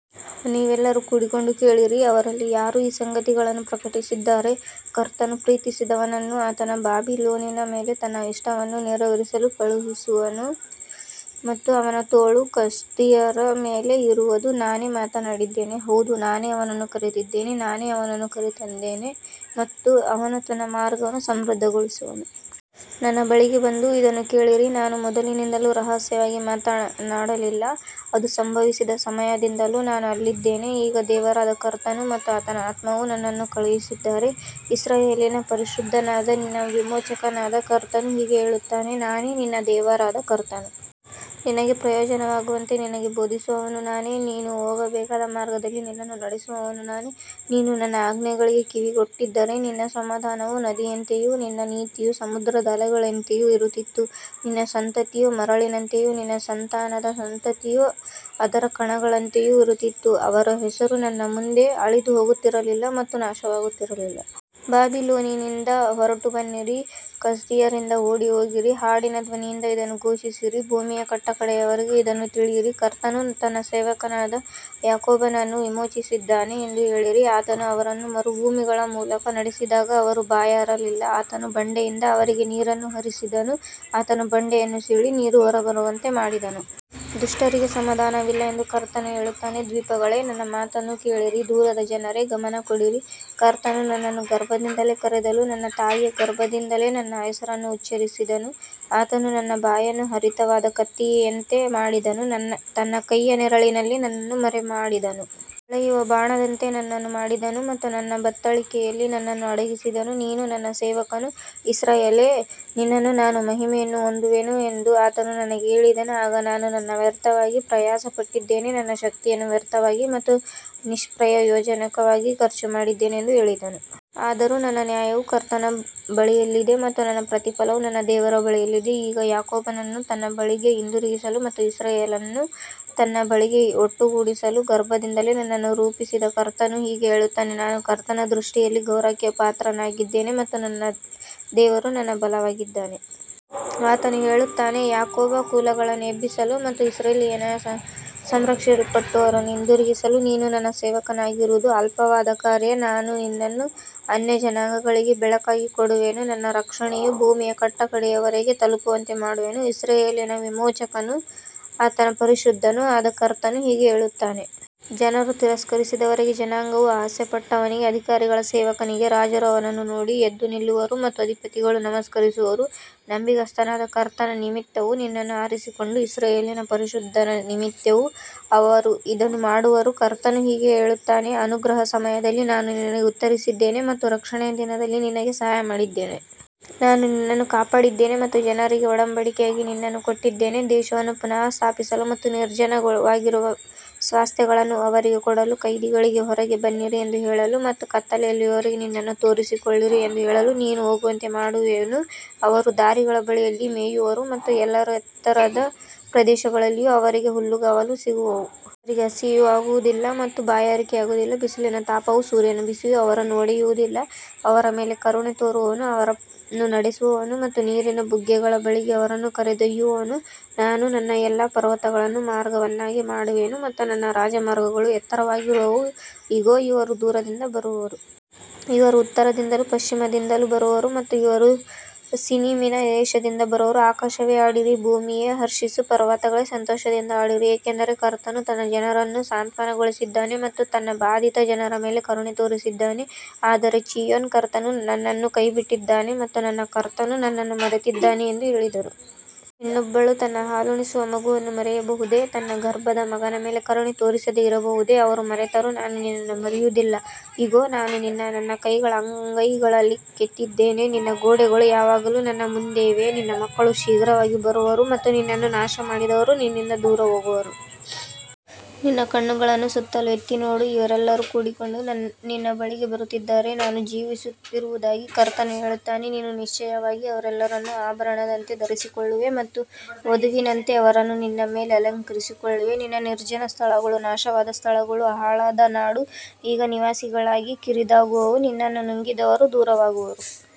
ನೀವೆಲ್ಲರೂ ಕೂಡಿಕೊಂಡು ಕೇಳಿರಿ. ಅವರಲ್ಲಿ ಯಾರು ಈ ಸಂಗತಿಗಳನ್ನು ಪ್ರಕಟಿಸಿದ್ದಾರೆ? ಕರ್ತನು ಪ್ರೀತಿಸಿದವನನ್ನು ಆತನು ಬಾಬಿಲೋನಿನ ಮೇಲೆ ತನ್ನ ಇಷ್ಟವನ್ನು ನೆರವೇರಿಸಲು ಕಳುಹಿಸುವನು ಮತ್ತು ಅವನ ತೋಳು ಕಸ್ದೀಯರ ಮೇಲೆ ಇರುವದು. ನಾನೇ ಮಾತನಾಡಿದ್ದೇನೆ. ಹೌದು, ನಾನೇ ಅವನನ್ನು ಕರೆದಿದ್ದೇನೆ. ನಾನೇ ಅವನನ್ನು ಕರೆತಂದಿದ್ದೇನೆ ಮತ್ತು ಅವನು ತನ್ನ ಮಾರ್ಗವನ್ನು ಸಮೃದ್ಧಿಗೊಳಿಸುವನು. ನನ್ನ ಬಳಿಗೆ ಬಂದು ಇದನ್ನು ಕೇಳಿರಿ. ನಾನು ಮೊದಲಿನಿಂದಲೂ ರಹಸ್ಯವಾಗಿ ಮಾತನಾಡಲಿಲ್ಲ. ಅದು ಸಂಭವಿಸಿದ ಸಮಯದಿಂದಲೂ ನಾನು ಅಲ್ಲಿದ್ದೇನೆ. ಈಗ ದೇವರಾದ ಕರ್ತನು ಮತ್ತು ಆತನ ಆತ್ಮವು ನನ್ನನ್ನು ಕಳುಹಿಸಿದ್ದಾರೆ. ಇಸ್ರಾಯೇಲಿನ ಪರಿಶುದ್ಧನಾದ ನಿನ್ನ ವಿಮೋಚಕನಾದ ಕರ್ತನು ಹೀಗೆ ಹೇಳುತ್ತಾನೆ. ನಾನೇ ನಿನ್ನ ದೇವರಾದ ಕರ್ತನು. ನಿನಗೆ ಪ್ರಯೋಜನವಾಗುವಂತೆ ನಿನಗೆ ಬೋಧಿಸುವವನು ನಾನೇ. ನೀನು ಹೋಗಬೇಕಾದ ಮಾರ್ಗದಲ್ಲಿ ನಿನ್ನನ್ನು ನಡೆಸುವವನು ನಾನೇ. ನೀನು ನನ್ನ ಆಜ್ಞೆಗಳಿಗೆ ಕಿವಿಗೊಟ್ಟಿದ್ದರೆ ನಿನ್ನ ಸಮಾಧಾನವು ನದಿಯಂತೆಯೂ ನಿನ್ನ ನೀತಿಯು ಸಮುದ್ರದ ಅಲೆಗಳಂತೆಯೂ ಇರುತ್ತಿತ್ತು. ನಿನ್ನ ಸಂತತಿಯು ಮರಳಿನಂತೆಯೂ ನಿನ್ನ ಸಂತಾನದ ಸಂತತಿಯು ಅದರ ಕಣಗಳಂತೆಯೂ ಇರುತ್ತಿತ್ತು. ಅವರ ಹೆಸರು ನನ್ನ ಮುಂದೆ ಅಳಿದುಹೋಗುತ್ತಿರಲಿಲ್ಲ ಮತ್ತು ನಾಶವಾಗುತ್ತಿರಲಿಲ್ಲ. ಬಾಬಿಲೋನಿನಿಂದ ಹೊರಟುಬನ್ನಿರಿ. ಕಸ್ದೀಯರಿಂದ ಓಡಿಹೋಗಿರಿ. ಹಾಡಿನ ಧ್ವನಿಯಿಂದ ಇದನ್ನು ಘೋಷಿಸಿರಿ. ಭೂಮಿಯ ಕಟ್ಟಕಡೆಯವರೆಗೂ ಇದನ್ನು ತಿಳಿಸಿರಿ. ಕರ್ತನು ತನ್ನ ಸೇವಕನಾದ ಯಾಕೋಬನನ್ನು ವಿಮೋಚಿಸಿದ್ದಾನೆ ಎಂದು ಹೇಳಿರಿ. ಆತನು ಅವರನ್ನು ಮರುಭೂಮಿಗಳ ಮೂಲಕ ನಡೆಸಿದಾಗ ಅವರು ಬಾಯಾರಲಿಲ್ಲ. ಆತನು ಬಂಡೆಯಿಂದ ಅವರಿಗೆ ನೀರನ್ನು ಹರಿಸಿದನು. ಆತನು ಬಂಡೆಯನ್ನು ಸೀಳಿ ನೀರು ಹೊರಬರುವಂತೆ ಮಾಡಿದನು. ದುಷ್ಟರಿಗೆ ಸಮಾಧಾನವಿಲ್ಲ ಎಂದು ಕರ್ತನು ಹೇಳುತ್ತಾನೆ. ದ್ವೀಪಗಳೇ, ನನ್ನ ಮಾತನ್ನು ಕೇಳಿರಿ. ದೂರದ ಜನರೇ, ಗಮನಕೊಡಿರಿ. ಕರ್ತನು ನನ್ನನ್ನು ಗರ್ಭದಿಂದಲೇ ಕರೆದನು. ನನ್ನ ತಾಯಿಯ ಗರ್ಭದಿಂದಲೇ ನನ್ನ ಹೆಸರನ್ನು ಉಚ್ಚರಿಸಿದನು. ಆತನು ನನ್ನ ಬಾಯನ್ನು ಹರಿತವಾದ ಕತ್ತಿಯಂತೆ ಮಾಡಿದನು. ತನ್ನ ಕೈಯ ನೆರಳಿನಲ್ಲಿ ನನ್ನನ್ನು ಮರೆಮಾಡಿದನು. ಹೊಳೆಯುವ ಬಾಣದಂತೆ ನನ್ನನ್ನು ಮಾಡಿದನು ಮತ್ತು ತನ್ನ ಬತ್ತಳಿಕೆಯಲ್ಲಿ ನನ್ನನ್ನು ಅಡಗಿಸಿದನು. ನೀನು ನನ್ನ ಸೇವಕನು, ಇಸ್ರಾಯೇಲೇ, ನಿನ್ನಲ್ಲಿ ನಾನು ಮಹಿಮೆಯನ್ನು ಹೊಂದುವೆನು ಎಂದು ಆತನು ನನಗೆ ಹೇಳಿದನು. ಆಗ ನಾನು, ನಾನು ವ್ಯರ್ಥವಾಗಿ ಪ್ರಯಾಸಪಟ್ಟಿದ್ದೇನೆ, ನನ್ನ ಶಕ್ತಿಯನ್ನು ವ್ಯರ್ಥವಾಗಿ ಮತ್ತು ನಿಷ್ಪ್ರಯೋಜಕವಾಗಿ ಖರ್ಚುಮಾಡಿದ್ದೇನೆ ಎಂದು ಹೇಳಿದೆನು. ಆದರೂ ನನ್ನ ನ್ಯಾಯವು ಕರ್ತನ ಬಳಿಯಲ್ಲಿದೆ ಮತ್ತು ನನ್ನ ಪ್ರತಿಫಲವು ನನ್ನ ದೇವರ ಬಳಿಯಲ್ಲಿದೆ. ಈಗ ಯಾಕೋಬನನ್ನು ತನ್ನ ಬಳಿಗೆ ಹಿಂದಿರುಗಿಸಲು ಮತ್ತು ಇಸ್ರಾಯೇಲನ್ನು ತನ್ನ ಬಳಿಗೆ ಒಟ್ಟುಗೂಡಿಸಲು ಗರ್ಭದಿಂದಲೇ ನನ್ನನ್ನು ರೂಪಿಸಿದ ಕರ್ತನು ಹೀಗೆ ಹೇಳುತ್ತಾನೆ. ನಾನು ಕರ್ತನ ದೃಷ್ಟಿಯಲ್ಲಿ ಗೌರವಕ್ಕೆ ಪಾತ್ರನಾಗಿದ್ದೇನೆ ಮತ್ತು ನನ್ನ ದೇವರು ನನ್ನ ಬಲವಾಗಿದ್ದಾನೆ. ಆತನು ಹೇಳುತ್ತಾನೆ, ಯಾಕೋಬನ ಕುಲಗಳನ್ನು ಎಬ್ಬಿಸಲು ಮತ್ತು ಇಸ್ರಾಯೇಲಿನ ಸಂರಕ್ಷಿಸಲ್ಪಟ್ಟವರನ್ನು ಹಿಂದಿರುಗಿಸಲು ನೀನು ನನ್ನ ಸೇವಕನಾಗಿರುವುದು ಅಲ್ಪವಾದ ಕಾರ್ಯ. ನಾನು ನಿನ್ನನ್ನು ಅನ್ಯಜನಾಂಗಗಳಿಗೆ ಬೆಳಕಾಗಿ ಕೊಡುವೆನು, ನನ್ನ ರಕ್ಷಣೆಯು ಭೂಮಿಯ ಕಟ್ಟಕಡೆಯವರೆಗೂ ತಲುಪುವಂತೆ ಮಾಡುವೆನು. ಇಸ್ರಾಯೇಲಿನ ವಿಮೋಚಕನೂ ಆತನ ಪರಿಶುದ್ಧನೂ ಆದ ಕರ್ತನು ಹೀಗೆ ಹೇಳುತ್ತಾನೆ. ಜನರು ತಿರಸ್ಕರಿಸಿದವನಿಗೆ, ಜನಾಂಗವು ಅಸಹ್ಯಪಟ್ಟವನಿಗೆ, ಅಧಿಕಾರಿಗಳ ಸೇವಕನಿಗೆ, ರಾಜರು ಅವನನ್ನು ನೋಡಿ ಎದ್ದು ನಿಲ್ಲುವರು ಮತ್ತು ಅಧಿಪತಿಗಳು ನಮಸ್ಕರಿಸುವರು. ನಂಬಿಗಸ್ತನಾದ ಕರ್ತನ ನಿಮಿತ್ತವೂ ನಿನ್ನನ್ನು ಆರಿಸಿಕೊಂಡ ಇಸ್ರಾಯೇಲಿನ ಪರಿಶುದ್ಧನ ನಿಮಿತ್ತವೂ ಅವರು ಇದನ್ನು ಮಾಡುವರು. ಕರ್ತನು ಹೀಗೆ ಹೇಳುತ್ತಾನೆ. ಅನುಗ್ರಹದ ಸಮಯದಲ್ಲಿ ನಾನು ನಿನಗೆ ಉತ್ತರಿಸಿದ್ದೇನೆ ಮತ್ತು ರಕ್ಷಣೆಯ ದಿನದಲ್ಲಿ ನಿನಗೆ ಸಹಾಯಮಾಡಿದ್ದೇನೆ. ನಾನು ನಿನ್ನನ್ನು ಕಾಪಾಡಿದ್ದೇನೆ ಮತ್ತು ಜನರಿಗೆ ಒಡಂಬಡಿಕೆಯಾಗಿ ನಿನ್ನನ್ನು ಕೊಟ್ಟಿದ್ದೇನೆ. ದೇಶವನ್ನು ಪುನಃ ಸ್ಥಾಪಿಸಲು ಮತ್ತು ನಿರ್ಜನವಾಗಿರುವ ಸ್ವಾಸ್ತ್ಯಗಳನ್ನು ಅವರಿಗೆ ಕೊಡಲು, ಕೈದಿಗಳಿಗೆ, ಹೊರಗೆ ಬನ್ನಿರಿ ಎಂದು ಹೇಳಲು ಮತ್ತು ಕತ್ತಲೆಯಲ್ಲಿರುವವರಿಗೆ, ನಿಮ್ಮನ್ನು ತೋರಿಸಿಕೊಳ್ಳಿರಿ ಎಂದು ಹೇಳಲು ನೀನು ಹೋಗುವಂತೆ ಮಾಡುವೆನು. ಅವರು ದಾರಿಗಳ ಬಳಿಯಲ್ಲಿ ಮೇಯುವರು ಮತ್ತು ಎಲ್ಲಾ ಎತ್ತರದ ಪ್ರದೇಶಗಳಲ್ಲಿಯೂ ಅವರಿಗೆ ಹುಲ್ಲುಗಾವಲುಗಳು ಸಿಗುವವು. ಅವರಿಗೆ ಹಸಿವಾಗುವುದಿಲ್ಲ ಮತ್ತು ಬಾಯಾರಿಕೆಯಾಗುವುದಿಲ್ಲ. ಬಿಸಿಲಿನ ತಾಪವೂ ಸೂರ್ಯನ ಬಿಸಿಯೂ ಅವರನ್ನು ಹೊಡೆಯುವುದಿಲ್ಲ. ಅವರ ಮೇಲೆ ಕರುಣೆ ತೋರುವವನು ಅವರನ್ನು ನಡೆಸುವನು ಮತ್ತು ನೀರಿನ ಬುಗ್ಗೆಗಳ ಬಳಿಗೆ ಅವರನ್ನು ಕರೆದೊಯ್ಯುವನು. ನಾನು ನನ್ನ ಎಲ್ಲಾ ಪರ್ವತಗಳನ್ನು ಮಾರ್ಗವನ್ನಾಗಿ ಮಾಡುವೆನು ಮತ್ತು ನನ್ನ ರಾಜಮಾರ್ಗಗಳು ಎತ್ತರವಾಗಿರುವವು. ಇಗೋ, ಇವರು ದೂರದಿಂದ ಬರುವರು. ಇವರು ಉತ್ತರದಿಂದಲೂ ಪಶ್ಚಿಮದಿಂದಲೂ ಬರುವರು ಮತ್ತು ಇವರು ಸಿನೀಮಿನ ದೇಶದಿಂದ ಬರುವರು. ಆಕಾಶವೇ, ಹಾಡಿರಿ. ಭೂಮಿಯೇ, ಹರ್ಷಿಸು. ಪರ್ವತಗಳೇ, ಸಂತೋಷದಿಂದ ಹಾಡಿರಿ. ಏಕೆಂದರೆ ಕರ್ತನು ತನ್ನ ಜನರನ್ನು ಸಾಂತ್ವನಗೊಳಿಸಿದ್ದಾನೆ ಮತ್ತು ತನ್ನ ಬಾಧಿತ ಜನರ ಮೇಲೆ ಕರುಣೆ ತೋರಿಸಿದ್ದಾನೆ. ಆದರೆ ಚೀಯೋನ್, ಕರ್ತನು ನನ್ನನ್ನು ಕೈಬಿಟ್ಟಿದ್ದಾನೆ ಮತ್ತು ನನ್ನ ಕರ್ತನು ನನ್ನನ್ನು ಮರೆತಿದ್ದಾನೆ ಎಂದು ಹೇಳಿದಳು. ಹೆಣ್ಣೊಬ್ಬಳು ತನ್ನ ಹಾಲುಣಿಸುವ ಮಗುವನ್ನು ಮರೆಯಬಹುದೇ? ತನ್ನ ಗರ್ಭದ ಮಗನ ಮೇಲೆ ಕರುಣೆ ತೋರಿಸದೆ ಇರಬಹುದೇ? ಅವರು ಮರೆತರೂ ನಾನು ನಿನ್ನನ್ನು ಮರೆಯುವುದಿಲ್ಲ. ಇಗೋ, ನಾನು ನಿನ್ನನ್ನು ನನ್ನ ಕೈಗಳ ಅಂಗೈಗಳಲ್ಲಿ ಕೆತ್ತಿದ್ದೇನೆ. ನಿನ್ನ ಗೋಡೆಗಳು ಯಾವಾಗಲೂ ನನ್ನ ಮುಂದೆ ಇವೆ. ನಿನ್ನ ಮಕ್ಕಳು ಶೀಘ್ರವಾಗಿ ಬರುವರು ಮತ್ತು ನಿನ್ನನ್ನು ನಾಶಮಾಡಿದವರು ನಿನ್ನಿಂದ ದೂರ ಹೋಗುವರು. ನಿನ್ನ ಕಣ್ಣುಗಳನ್ನು ಸುತ್ತಲೂ ಎತ್ತಿ ನೋಡು. ಇವರೆಲ್ಲರೂ ಕೂಡಿಕೊಂಡು ನಿನ್ನ ಬಳಿಗೆ ಬರುತ್ತಿದ್ದಾರೆ. ನಾನು ಜೀವಿಸುತ್ತಿರುವುದಾಗಿ ಕರ್ತನು ಹೇಳುತ್ತಾನೆ, ನೀನು ನಿಶ್ಚಯವಾಗಿ ಅವರೆಲ್ಲರನ್ನೂ ಆಭರಣದಂತೆ ಧರಿಸಿಕೊಳ್ಳುವೆ ಮತ್ತು ವಧುವಿನಂತೆ ಅವರನ್ನು ನಿನ್ನ ಮೇಲೆ ಅಲಂಕರಿಸಿಕೊಳ್ಳುವೆ. ನಿನ್ನ ನಿರ್ಜನ ಸ್ಥಳಗಳೂ ನಾಶವಾದ ಸ್ಥಳಗಳೂ ಹಾಳಾದ ನಾಡೂ ಈಗ ನಿವಾಸಿಗಳಿಗಾಗಿ ಕಿರಿದಾಗುವವು. ನಿನ್ನನ್ನು ನುಂಗಿದವರು ದೂರವಾಗುವರು.